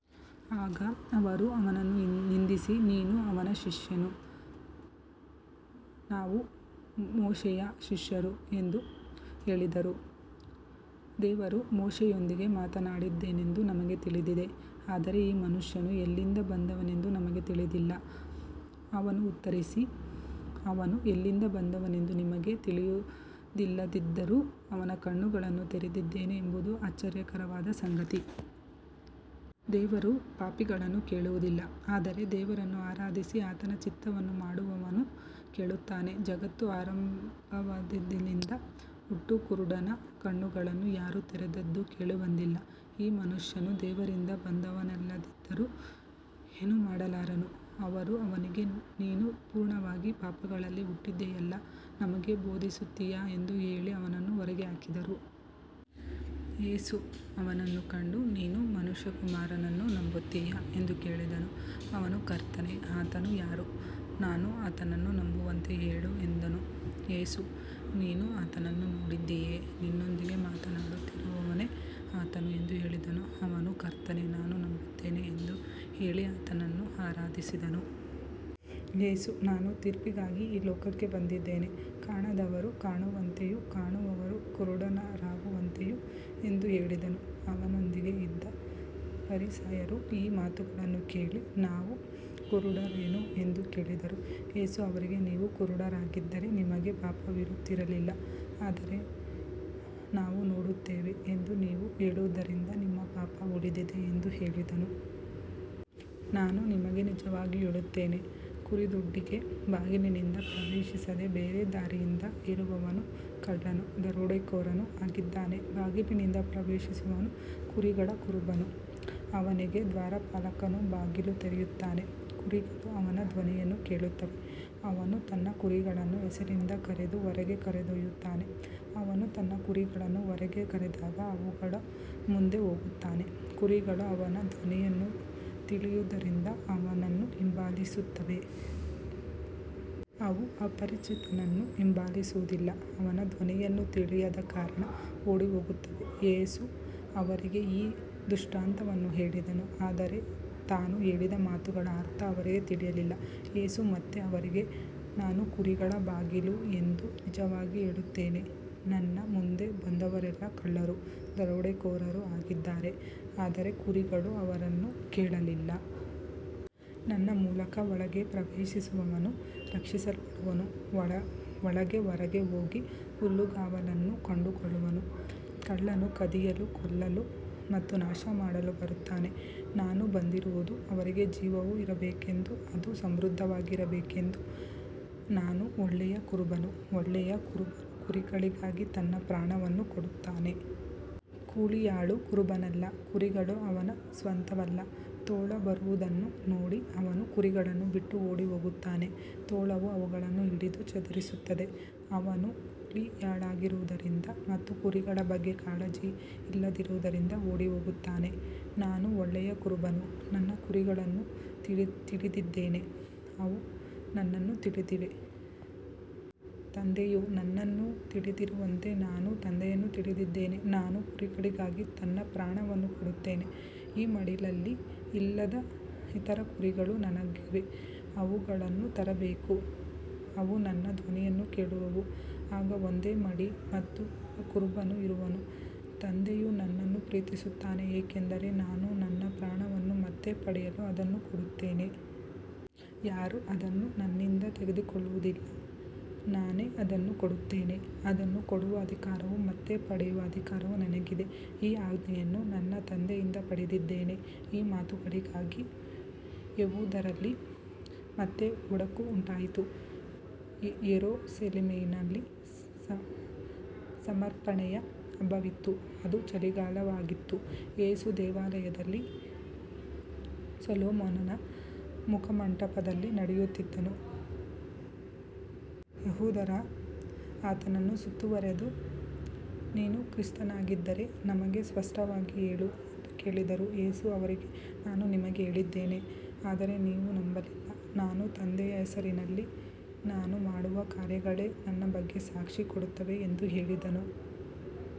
ಆಗ ಅವರು ಅವನನ್ನು ನಿಂದಿಸಿ, ನೀನು ಅವನ ಶಿಷ್ಯನು, ನಾವು ಮೋಶೆಯ ಶಿಷ್ಯರು ಎಂದು ಹೇಳಿದರು. ದೇವರು ಮೋಶೆಯೊಂದಿಗೆ ಮಾತನಾಡಿದ್ದಾನೆಂದು ನಮಗೆ ತಿಳಿದಿದೆ, ಆದರೆ ಈ ಮನುಷ್ಯನು ಎಲ್ಲಿಂದ ಬಂದವನೆಂದು ನಮಗೆ ತಿಳಿದಿಲ್ಲ. ಅವನು ಉತ್ತರಿಸಿ, ಅವನು ಎಲ್ಲಿಂದ ಬಂದವನೆಂದು ನಿಮಗೆ ತಿಳಿದಿಲ್ಲದಿದ್ದರೂ ನನ್ನ ಕಣ್ಣುಗಳನ್ನು ತೆರೆದಿದ್ದಾನೆ ಎಂಬುದು ಆಶ್ಚರ್ಯಕರವಾದ ಸಂಗತಿ. ದೇವರು ಪಾಪಿಗಳನ್ನು ಕೇಳುವುದಿಲ್ಲ, ಆದರೆ ದೇವರನ್ನು ಆರಾಧಿಸಿ ಆತನ ಚಿತ್ತವನ್ನು ಮಾಡುವವನನ್ನು ಕೇಳುತ್ತಾನೆ. ಜಗತ್ತು ಆರಂಭವಾದಂದಿನಿಂದ ಹುಟ್ಟುಕುರುಡನ ಕಣ್ಣುಗಳನ್ನು ಯಾರೂ ತೆರೆದದ್ದು ಕೇಳಿಬಂದಿಲ್ಲ. ಈ ಮನುಷ್ಯನು ದೇವರಿಂದ ಬಂದವನಲ್ಲದಿದ್ದರೆ ಏನೂ ಮಾಡಲಾರನು. ಅವರು ಅವನಿಗೆ, ನೀನು ಸಂಪೂರ್ಣವಾಗಿ ಪಾಪಗಳಲ್ಲಿ ಹುಟ್ಟಿದ್ದೀಯಲ್ಲಾ, ನಮಗೆ ಬೋಧಿಸುತ್ತೀಯಾ ಎಂದು ಹೇಳಿ ಅವನನ್ನು ಹೊರಗೆ ಹಾಕಿದರು. ಯೇಸು ಅವನನ್ನು ಕಂಡು, ನೀನು ಮನುಷ್ಯಕುಮಾರನನ್ನು ನಂಬುತ್ತೀಯಾ ಎಂದು ಕೇಳಿದನು. ಅವನು, ಕರ್ತನೇ, ಆತನು ಯಾರು, ನಾನು ಆತನನ್ನು ನಂಬುವಂತೆ ಹೇಳು ಎಂದನು. ಯೇಸು, ನೀನು ಆತನನ್ನು ನೋಡಿದ್ದೀಯೆ, ನಿನ್ನೊಂದಿಗೆ ಮಾತನಾಡುತ್ತಿರುವವನೇ ಆತನು ಎಂದು ಹೇಳಿದನು. ಅವನು, ಕರ್ತನೇ, ನಾನು ನಂಬುತ್ತೇನೆ ಎಂದು ಹೇಳಿ ಆತನನ್ನು ಆರಾಧಿಸಿದನು. ಯೇಸು, ನಾನು ತೀರ್ಪಿಗಾಗಿ ಈ ಲೋಕಕ್ಕೆ ಬಂದಿದ್ದೇನೆ, ಕಾಣದವರು ಕಾಣುವಂತೆಯೂ ಕಾಣುವವರು ಕುರುಡರಾಗುವಂತೆಯೂ ಎಂದು ಹೇಳಿದನು. ಅವನೊಂದಿಗೆ ಇದ್ದ ಫರಿಸಾಯರು ಈ ಮಾತುಗಳನ್ನು ಕೇಳಿ, ನಾವೂ ಕುರುಡರೇನು ಎಂದು ಕೇಳಿದರು. ಯೇಸು ಅವರಿಗೆ, ನೀವು ಕುರುಡರಾಗಿದ್ದರೆ ನಿಮಗೆ ಪಾಪವಿರುತ್ತಿರಲಿಲ್ಲ, ಆದರೆ ನಾವು ನೋಡುತ್ತೇವೆ ಎಂದು ನೀವು ಹೇಳುವುದರಿಂದ ನಿಮ್ಮ ಪಾಪ ಉಳಿದಿದೆ ಎಂದು ಹೇಳಿದನು. ನಾನು ನಿಮಗೆ ನಿಜವಾಗಿ ಹೇಳುತ್ತೇನೆ, ಕುರಿದೊಡ್ಡಿಗೆ ಬಾಗಿಲಿನಿಂದ ಪ್ರವೇಶಿಸದೆ ಬೇರೆ ದಾರಿಯಿಂದ ಏರುವವನು ಕಳ್ಳನೂ ದರೋಡೆಕೋರನೂ ಆಗಿದ್ದಾನೆ. ಬಾಗಿಲಿನಿಂದ ಪ್ರವೇಶಿಸುವವನು ಕುರಿಗಳ ಕುರುಬನು. ಅವನಿಗೆ ದ್ವಾರಪಾಲಕನು ಬಾಗಿಲು ತೆರೆಯುತ್ತಾನೆ, ಕುರಿಗಳು ಅವನ ಧ್ವನಿಯನ್ನು ಕೇಳುತ್ತವೆ, ಅವನು ತನ್ನ ಕುರಿಗಳನ್ನು ಹೆಸರಿನಿಂದ ಕರೆದು ಹೊರಗೆ ಕರೆದೊಯ್ಯುತ್ತಾನೆ. ಅವನು ತನ್ನ ಕುರಿಗಳನ್ನು ಹೊರಗೆ ಕರೆದಾಗ ಅವುಗಳ ಮುಂದೆ ಹೋಗುತ್ತಾನೆ, ಕುರಿಗಳು ಅವನ ಧ್ವನಿಯನ್ನು ತಿಳಿದಿರುವುದರಿಂದ ಅವನನ್ನು ಹಿಂಬಾಲಿಸುತ್ತವೆ. ಅವು ಅಪರಿಚಿತನನ್ನು ಹಿಂಬಾಲಿಸುವುದಿಲ್ಲ, ಅವನ ಧ್ವನಿಯನ್ನು ತಿಳಿಯದ ಕಾರಣ ಓಡಿಹೋಗುತ್ತವೆ. ಯೇಸು ಅವರಿಗೆ ಈ ದೃಷ್ಟಾಂತವನ್ನು ಹೇಳಿದನು, ಆದರೆ ತಾನು ಹೇಳಿದ ಮಾತುಗಳ ಅರ್ಥ ಅವರಿಗೆ ತಿಳಿಯಲಿಲ್ಲ. ಯೇಸು ಮತ್ತೆ ಅವರಿಗೆ, ನಾನು ಕುರಿಗಳ ಬಾಗಿಲು ಎಂದು ನಿಜವಾಗಿ ಹೇಳುತ್ತೇನೆ. ನನ್ನ ಮುಂದೆ ಬಂದವರೆಲ್ಲ ಕಳ್ಳರೂ ದರೋಡೆಕೋರರೂ ಆಗಿದ್ದಾರೆ, ಆದರೆ ಕುರಿಗಳು ಅವರನ್ನು ಕೇಳಲಿಲ್ಲ. ನನ್ನ ಮೂಲಕ ಒಳಗೆ ಪ್ರವೇಶಿಸುವವನು ರಕ್ಷಿಸಲ್ಪಡುವನು, ಒಳಗೆ ಹೊರಗೆ ಹೋಗಿ ಹುಲ್ಲುಗಾವಲನ್ನು ಕಂಡುಕೊಳ್ಳುವನು. ಕಳ್ಳನು ಕದಿಯಲು, ಕೊಲ್ಲಲು ಮತ್ತು ನಾಶಮಾಡಲು ಬರುತ್ತಾನೆ. ನಾನು ಬಂದಿರುವುದು ಅವರಿಗೆ ಜೀವವು ಇರಬೇಕೆಂದೂ ಅದು ಸಮೃದ್ಧಿಯಾಗಿ ಇರಬೇಕೆಂದೂ. ನಾನು ಒಳ್ಳೆಯ ಕುರುಬನು. ಒಳ್ಳೆಯ ಕುರುಬನು ಕುರಿಗಳಿಗಾಗಿ ತನ್ನ ಪ್ರಾಣವನ್ನು ಕೊಡುತ್ತಾನೆ. ಕೂಲಿಯಾಳು ಕುರುಬನಲ್ಲ, ಕುರಿಗಳು ಅವನ ಸ್ವಂತವಲ್ಲ. ತೋಳ ಬರುವುದನ್ನು ನೋಡಿ ಅವನು ಕುರಿಗಳನ್ನು ಬಿಟ್ಟು ಓಡಿಹೋಗುತ್ತಾನೆ, ತೋಳವು ಅವುಗಳನ್ನು ಹಿಡಿದು ಚದುರಿಸುತ್ತದೆ. ಅವನು ಕೂಲಿಯಾಳಾಗಿರುವುದರಿಂದ ಮತ್ತು ಕುರಿಗಳ ಬಗ್ಗೆ ಕಾಳಜಿ ಇಲ್ಲದಿರುವುದರಿಂದ ಓಡಿಹೋಗುತ್ತಾನೆ. ನಾನು ಒಳ್ಳೆಯ ಕುರುಬನು, ನನ್ನ ಕುರಿಗಳನ್ನು ತಿಳಿದಿದ್ದೇನೆ, ಅವು ನನ್ನನ್ನು ತಿಳಿದಿವೆ. ತಂದೆಯು ನನ್ನನ್ನು ತಿಳಿದಿರುವಂತೆ ನಾನು ತಂದೆಯನ್ನು ತಿಳಿದಿದ್ದೇನೆ. ನಾನು ಕುರಿಗಳಿಗಾಗಿ ನನ್ನ ಪ್ರಾಣವನ್ನು ಕೊಡುತ್ತೇನೆ. ಈ ಮಡಿಯಲ್ಲಿ ಇಲ್ಲದ ಇತರ ಕುರಿಗಳೂ ನನಗಿವೆ, ಅವುಗಳನ್ನೂ ತರಬೇಕು. ಅವು ನನ್ನ ಧ್ವನಿಯನ್ನು ಕೇಳುವವು, ಆಗ ಒಂದೇ ಮಡಿ ಮತ್ತು ಒಬ್ಬ ಕುರುಬನು ಇರುವನು. ತಂದೆಯು ನನ್ನನ್ನು ಪ್ರೀತಿಸುತ್ತಾನೆ, ಏಕೆಂದರೆ ನಾನು ನನ್ನ ಪ್ರಾಣವನ್ನು ಮತ್ತೆ ಪಡೆಯಲು ಅದನ್ನು ಕೊಡುತ್ತೇನೆ. ಯಾರೂ ಅದನ್ನು ನನ್ನಿಂದ ತೆಗೆದುಕೊಳ್ಳುವುದಿಲ್ಲ, ನಾನೇ ಅದನ್ನು ಕೊಡುತ್ತೇನೆ. ಅದನ್ನು ಕೊಡುವ ಅಧಿಕಾರವೂ ಮತ್ತೆ ಪಡೆಯುವ ಅಧಿಕಾರವೂ ನನಗಿದೆ. ಈ ಆಜ್ಞೆಯನ್ನು ನನ್ನ ತಂದೆಯಿಂದ ಪಡೆದಿದ್ದೇನೆ. ಈ ಮಾತುಗಳಿಗಾಗಿ ಯೆಹೂದ್ಯರಲ್ಲಿ ಮತ್ತೆ ಒಡಕು ಉಂಟಾಯಿತು. ಯೆರೂಸಲೇಮಿನಲ್ಲಿ ಸಮರ್ಪಣೆಯ ಹಬ್ಬವಿತ್ತು. ಅದು ಚಳಿಗಾಲವಾಗಿತ್ತು, ಯೇಸು ದೇವಾಲಯದಲ್ಲಿ ಸೊಲೊಮೋನನ ಮುಖಮಂಟಪದಲ್ಲಿ ನಡೆಯುತ್ತಿದ್ದನು. ಯೆಹೂದ್ಯರು ಆತನನ್ನು ಸುತ್ತುವರಿದು, ನೀನು ಕ್ರಿಸ್ತನಾಗಿದ್ದರೆ ನಮಗೆ ಸ್ಪಷ್ಟವಾಗಿ ಹೇಳು ಎಂದು ಕೇಳಿದರು. ಯೇಸು ಅವರಿಗೆ, ನಾನು ನಿಮಗೆ ಹೇಳಿದ್ದೇನೆ, ಆದರೆ ನೀವು ನಂಬಲಿಲ್ಲ. ನನ್ನ ತಂದೆಯ ಹೆಸರಿನಲ್ಲಿ ನಾನು ಮಾಡುವ ಕಾರ್ಯಗಳೇ ನನ್ನ ಬಗ್ಗೆ ಸಾಕ್ಷಿ ಕೊಡುತ್ತವೆ ಎಂದು ಹೇಳಿದನು.